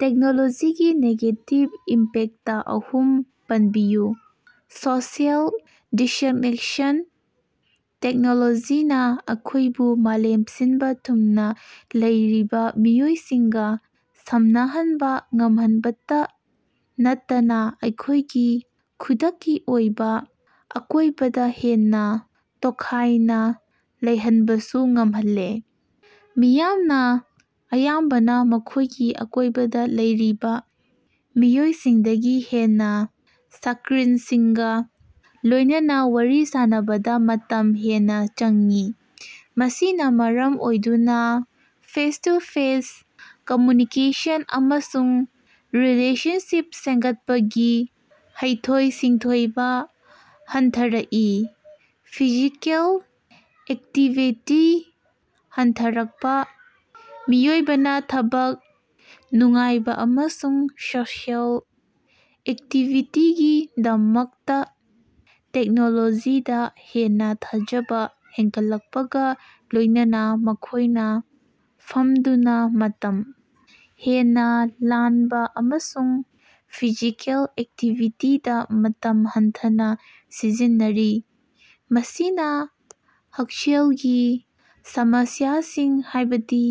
ꯇꯦꯛꯅꯣꯂꯣꯖꯤꯒꯤ negative impact ꯑꯍꯨꯝ ꯄꯟꯕꯤꯌꯨ꯫ ꯁꯣꯁꯤꯑꯦꯜ ꯗꯤꯁꯛꯅꯦꯛꯁꯟ: ꯇꯦꯛꯅꯣꯂꯣꯖꯤꯅ ꯑꯩꯈꯣꯏꯕꯨ ꯃꯥꯂꯦꯝ ꯁꯤꯟꯕ ꯊꯨꯡꯅ ꯂꯩꯔꯤꯕ ꯃꯤꯑꯣꯏꯁꯤꯡꯒ ꯁꯝꯅꯍꯟꯕ ꯉꯝꯍꯟꯕꯇ ꯅꯠꯇꯅ ꯑꯩꯈꯣꯏꯒꯤ ꯈꯨꯗꯛꯀꯤ ꯑꯣꯏꯕ ꯑꯀꯣꯏꯕꯗ ꯍꯦꯟꯅ ꯇꯣꯈꯥꯏꯅ ꯂꯩꯍꯟꯕꯁꯨ ꯉꯝꯍꯜꯂꯦ꯫ ꯃꯤꯌꯥꯝꯅ ꯑꯌꯥꯝꯕꯅ ꯃꯈꯣꯏꯒꯤ ꯑꯀꯣꯏꯕꯗ ꯂꯩꯔꯤꯕ ꯃꯤꯑꯣꯏꯁꯤꯡꯗꯒꯤ ꯍꯦꯟꯅ ꯆꯀꯔꯤꯟꯁꯤꯡꯒ ꯂꯣꯏꯅꯅ ꯋꯥꯔꯤ ꯁꯥꯅꯕꯗ ꯃꯇꯝ ꯍꯦꯟꯅ ꯆꯪꯏ꯫ ꯃꯁꯤꯅ ꯃꯔꯝ ꯑꯣꯏꯗꯨꯅ ꯐꯦꯁ-ꯇꯨ-ꯐꯦꯁ ꯀꯝꯃ꯭ꯌꯨꯅꯤꯀꯦꯁꯟ ꯑꯃꯁꯨꯡ ꯔꯤꯂꯦꯁꯟꯁꯤꯞ ꯁꯦꯝꯒꯠꯄꯒꯤ ꯍꯩꯊꯣꯏ-ꯁꯤꯡꯊꯣꯏꯕ ꯍꯟꯊꯔꯛꯏ꯫ ꯐꯤꯖꯤꯀꯦꯜ ꯑꯦꯛꯇꯤꯚꯤꯇꯤ ꯍꯟꯊꯔꯛꯄ: ꯃꯤꯑꯣꯏꯕꯅ ꯊꯕꯛ, ꯅꯨꯡꯉꯥꯏꯕ ꯑꯃꯁꯨꯡ ꯁꯣꯁꯤꯑꯦꯜ ꯑꯦꯛꯇꯤꯚꯤꯇꯤꯒꯤꯗꯃꯛꯇ ꯇꯦꯛꯅꯣꯂꯣꯖꯤꯗ ꯍꯦꯟꯅ ꯊꯥꯖꯕ ꯍꯦꯟꯒꯠꯂꯛꯄꯒ ꯂꯣꯏꯅꯅ ꯃꯈꯣꯢꯅ ꯐꯝꯗꯨꯅ ꯃꯇꯝ ꯍꯦꯟꯅ ꯂꯥꯟꯕ ꯑꯃꯁꯨꯡ ꯐꯤꯖꯤꯀꯦꯜ ꯑꯦꯛꯇꯤꯚꯤꯇꯤꯗ ꯃꯇꯝ ꯍꯟꯊꯅ ꯁꯤꯖꯤꯟꯅꯔꯤ꯫ ꯃꯁꯤꯅ ꯍꯛꯁꯦꯜꯒꯤ ꯁꯃꯁ꯭ꯌꯥꯁꯤꯡ, ꯍꯥꯏꯕꯗꯤ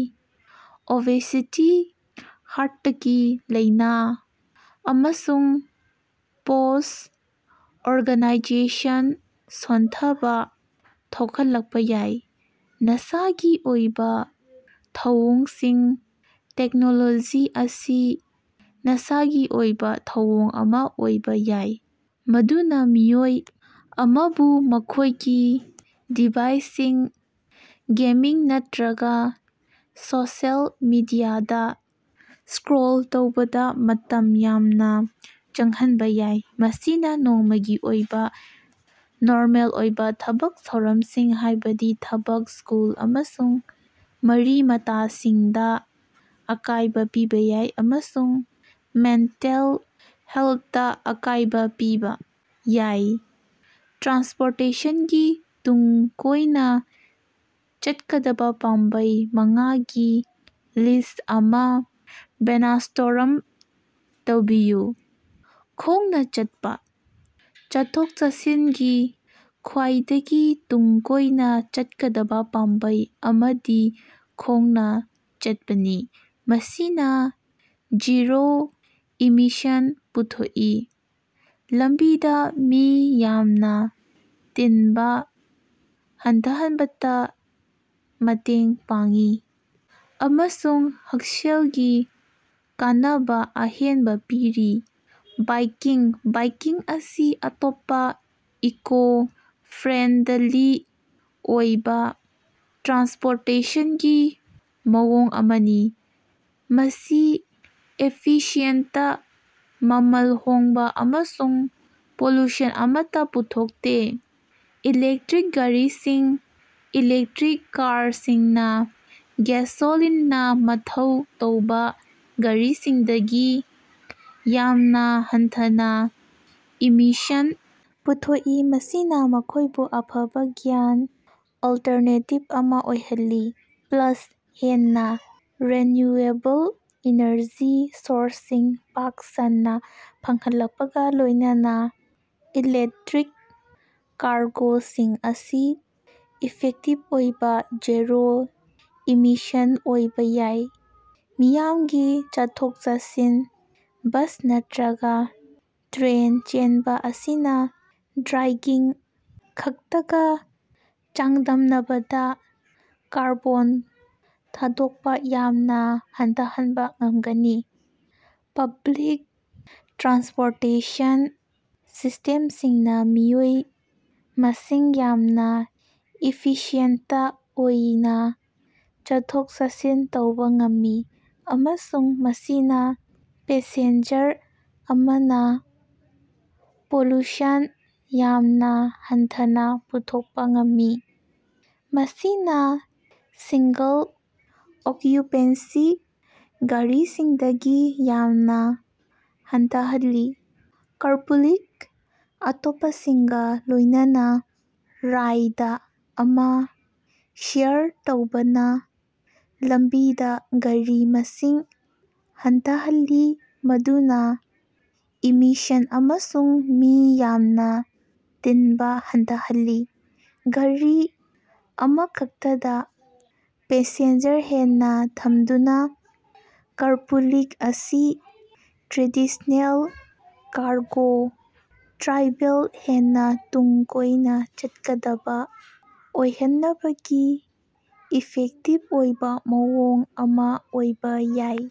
ꯑꯣꯕꯦꯁꯤꯇꯤ, ꯍꯥꯔꯇꯀꯤ ꯂꯥꯏꯅꯥ, ꯑꯃꯁꯨꯡ ꯄꯣꯁ꯭ꯠ-ꯑꯣꯔꯒꯥꯅꯥꯏꯖꯦꯁꯟ ꯁꯣꯟꯊꯕ ꯊꯣꯛꯍꯜꯂꯛꯄ ꯌꯥꯏ꯫ ꯅꯁꯥꯒꯤ ꯑꯣꯏꯕ ꯊꯧꯑꯣꯡꯁꯤꯡ: ꯇꯦꯛꯅꯣꯂꯣꯖꯤ ꯑꯁꯤ ꯅꯁꯥꯒꯤ ꯑꯣꯏꯕ ꯊꯧꯑꯣꯡ ꯑꯃ ꯑꯣꯏꯕ ꯌꯥꯏ꯫ ꯃꯗꯨꯅ ꯃꯤꯑꯣꯏ ꯑꯃꯕꯨ ꯃꯈꯣꯏꯒꯤ ꯗꯤꯚꯥꯏꯁꯁꯤꯡ, ꯒꯦꯃꯤꯡ ꯅꯠꯇ꯭ꯔꯒ ꯁꯣꯁꯤꯑꯦꯜ ꯃꯦꯗꯤꯌꯥꯗꯥ ꯁ꯭ꯀꯔꯣꯜ ꯇꯧꯕꯗ ꯃꯇꯝ ꯌꯥꯝꯅ ꯆꯪꯍꯟꯕ ꯌꯥꯏ꯫ ꯃꯁꯤꯅ ꯅꯣꯡꯃꯒꯤ ꯑꯣꯏꯕ ꯅꯣꯔꯃꯦꯜ ꯑꯣꯏꯕ ꯊꯕꯛ ꯊꯧꯔꯝꯁꯤꯡ, ꯍꯥꯏꯕꯗꯤ ꯊꯕꯛ, ꯁ꯭ꯀꯨꯜ, ꯑꯃꯁꯨꯡ ꯃꯔꯤ-ꯃꯇꯥꯁꯤꯡꯗꯥ ꯑꯀꯥꯏꯕ ꯄꯤꯕ ꯌꯥꯏ ꯑꯃꯁꯨꯡ ꯃꯦꯟꯇꯦꯜ ꯍꯦꯂꯊꯇ ꯑꯀꯥꯏꯕ ꯄꯤꯕ ꯌꯥꯏ꯫ ꯇ꯭ꯔꯥꯟꯁꯄꯣꯔꯇꯦꯁꯟꯒꯤ ꯇꯨꯡ ꯀꯣꯏꯅ ꯆꯠꯀꯗꯕ ꯄꯥꯝꯕꯩ ꯃꯉꯥꯒꯤ ꯂꯤꯁ꯭ꯠ ꯑꯃ ꯕ꯭ꯔꯦꯅꯁ꯭ꯇꯣꯔꯝ ꯇꯧꯕꯤꯌꯨ꯫ ꯈꯣꯡꯅ ꯆꯠꯄ: ꯆꯠꯊꯣꯛ-ꯆꯠꯁꯤꯟꯒꯤ ꯈ꯭ꯋꯥꯏꯗꯒꯤ ꯇꯨꯡ ꯀꯣꯏꯅ ꯆꯠꯀꯗꯕ ꯄꯥꯝꯕꯩ ꯑꯃꯗꯤ ꯈꯣꯡꯅꯥ ꯆꯠꯄꯅꯤ꯫ ꯃꯁꯤꯅ ꯖꯤꯔꯣ ꯏꯃꯤꯁꯟ ꯄꯨꯊꯣꯛꯏ, ꯂꯝꯕꯤꯗ ꯃꯤ ꯌꯥꯝꯅ ꯇꯤꯟꯕ ꯍꯟꯊꯍꯟꯕꯗ ꯃꯇꯦꯡ ꯄꯥꯡꯏ ꯫ꯑꯃꯁꯨꯡ ꯍꯛꯁꯦꯜꯒꯤ ꯀꯥꯟꯅꯕ ꯑꯍꯦꯟꯕ ꯄꯤꯔꯤ꯫ ꯕꯥꯏꯀꯤꯡ: ꯕꯥꯏꯀꯤꯡ ꯑꯁꯤ ꯑꯇꯣꯞꯄ ꯏꯀꯣ-ꯐ꯭ꯔꯦꯟꯗꯂꯤ ꯑꯣꯏꯕ ꯇ꯭ꯔꯥꯟꯁꯄꯣꯔꯇꯦꯁꯟꯒꯤ ꯃꯑꯣꯡ ꯑꯃꯅꯤ꯫ ꯃꯁꯤ ꯏꯐꯤꯁꯤꯌꯦꯟꯇ, ꯃꯃꯜ ꯍꯣꯡꯕ ꯑꯃꯁꯨꯡ ꯄꯣꯂꯨꯁꯟ ꯑꯃꯠꯇ ꯄꯨꯊꯣꯛꯇꯦ꯫ ꯏꯂꯦꯛꯇ꯭ꯔꯤꯛ ꯒꯥꯔꯤꯁꯤꯡ: ꯏꯂꯦꯛꯇ꯭ꯔꯤꯛ ꯀꯥꯔꯁꯤꯡꯅ ꯒꯦꯁꯣꯂꯤꯅꯅꯥ ꯃꯊꯧ ꯇꯧꯕ ꯒꯥꯔꯤꯁꯤꯡꯗꯒꯤ ꯌꯥꯝꯅ ꯍꯟꯊꯅ ꯏꯃꯤꯁꯟ ꯄꯨꯊꯣꯛꯏ꯫ ꯃꯁꯤꯅ ꯃꯈꯣꯏꯕꯨ ꯑꯐꯕ ꯒꯤꯌꯥꯟ ꯑꯣꯜꯇꯔꯅꯦꯇꯤꯕ ꯑꯃ ꯑꯣꯏꯍꯜꯂꯤ꯫ ꯄ꯭ꯂꯁ, ꯍꯦꯟꯅ ꯔꯤꯟꯌꯨꯑꯦꯕꯜ ꯏꯅꯔꯖꯤ ꯁꯣꯔꯁꯁꯤꯡ ꯄꯥꯛ ꯁꯟꯅ ꯐꯪꯂꯛꯄꯒ ꯂꯣꯏꯅꯅ ꯏꯂꯦꯛꯇ꯭ꯔꯤꯛ ꯀꯥꯔꯒꯣꯁꯤꯡ ꯑꯁꯤ ꯏꯐꯦꯛꯇꯤꯕ ꯑꯣꯏꯅ ꯖꯤꯔꯣ-ꯏꯃꯤꯁꯟ ꯑꯣꯏꯕ ꯌꯥꯏ꯫ ꯃꯤꯌꯥꯝꯒꯤ ꯆꯠꯊꯣꯛ-ꯆꯠꯁꯤꯟ: ꯕꯁ ꯅꯠꯇ꯭ꯔꯒ ꯇ꯭ꯔꯦꯟ ꯆꯦꯟꯕ ꯑꯁꯤꯅ ꯗ꯭ꯔꯥꯏꯀꯤꯡ ꯈꯛꯇꯒ ꯆꯥꯡꯗꯝꯅꯕꯗ ꯀꯥꯔꯕꯣꯟ ꯊꯥꯗꯣꯛꯄꯥ ꯌꯥꯝꯅ ꯍꯟꯊꯍꯟꯕ ꯉꯝꯒꯅꯤ꯫ ꯄꯕ꯭ꯂꯤꯛ ꯇ꯭ꯔꯥꯟꯁꯄꯣꯔꯇꯦꯁꯟ ꯁꯤꯁ꯭ꯇꯦꯝꯁꯤꯡꯅ ꯃꯤꯑꯣꯏ ꯃꯁꯤꯡ ꯌꯥꯝꯅ ꯏꯐꯤꯁꯤꯑꯦꯟꯇ ꯑꯣꯏꯅ ꯆꯠꯊꯣꯛ-ꯆꯠꯁꯤꯟ ꯇꯧꯕ ꯉꯝꯃꯤ ꯫ ꯑꯃꯁꯨꯡ ꯃꯁꯤꯅ ꯄꯦꯁꯦꯟꯖꯔ ꯑꯃꯗ ꯄꯣꯂꯨꯁꯟ ꯌꯥꯝꯅ ꯍꯟꯊꯅ ꯄꯨꯊꯣꯛꯄ ꯉꯝꯃꯤ꯫ ꯃꯁꯤꯅ ꯁꯤꯡꯒꯜ-ꯑꯣꯛꯌꯨꯄꯦꯟꯁꯤ ꯒꯥꯔꯤꯁꯤꯡꯗꯒꯤ ꯌꯥꯝꯅ ꯍꯟꯊꯍꯜꯂꯤ꯫ ꯀꯥꯔꯄꯨꯂꯤꯡ: ꯑꯇꯣꯞꯄꯁꯤꯡꯒ ꯂꯣꯏꯅꯅ ꯔꯥꯏꯗ ꯑꯃ ꯁꯦꯌꯔ ꯇꯧꯕꯅ ꯂꯝꯕꯤꯗ ꯒꯥꯔꯤ ꯃꯁꯤꯡ ꯍꯟꯊꯍꯜꯂꯤ꯫ ꯃꯗꯨꯅ ꯏꯃꯤꯁꯟ ꯑꯃꯁꯨꯡ ꯃꯤ ꯌꯥꯝꯅ ꯇꯤꯟꯕ ꯍꯟꯊꯍꯜꯂꯤ꯫ ꯒꯥꯔꯤ ꯑꯃꯈꯛꯇꯗ ꯄꯦꯁꯦꯟꯖꯔ ꯍꯦꯟꯅ ꯊꯝꯗꯨꯅ, ꯀꯥꯔꯄꯨꯂꯤꯡ ꯑꯁꯤ ꯇ꯭ꯔꯦꯗꯤꯁ꯭ꯅꯦꯜ ꯀꯥꯔꯒꯣ ꯇ꯭ꯔꯥꯚꯦꯜ ꯍꯦꯟꯅ ꯇꯨꯡ ꯀꯣꯏꯅ ꯆꯠꯀꯗꯕ ꯑꯣꯏꯍꯟꯅꯕꯒꯤ ꯏꯐꯦꯛꯇꯤꯕ ꯑꯣꯏꯕ ꯃꯑꯣꯡ ꯑꯃ ꯑꯣꯏꯕ ꯌꯥꯏ꯫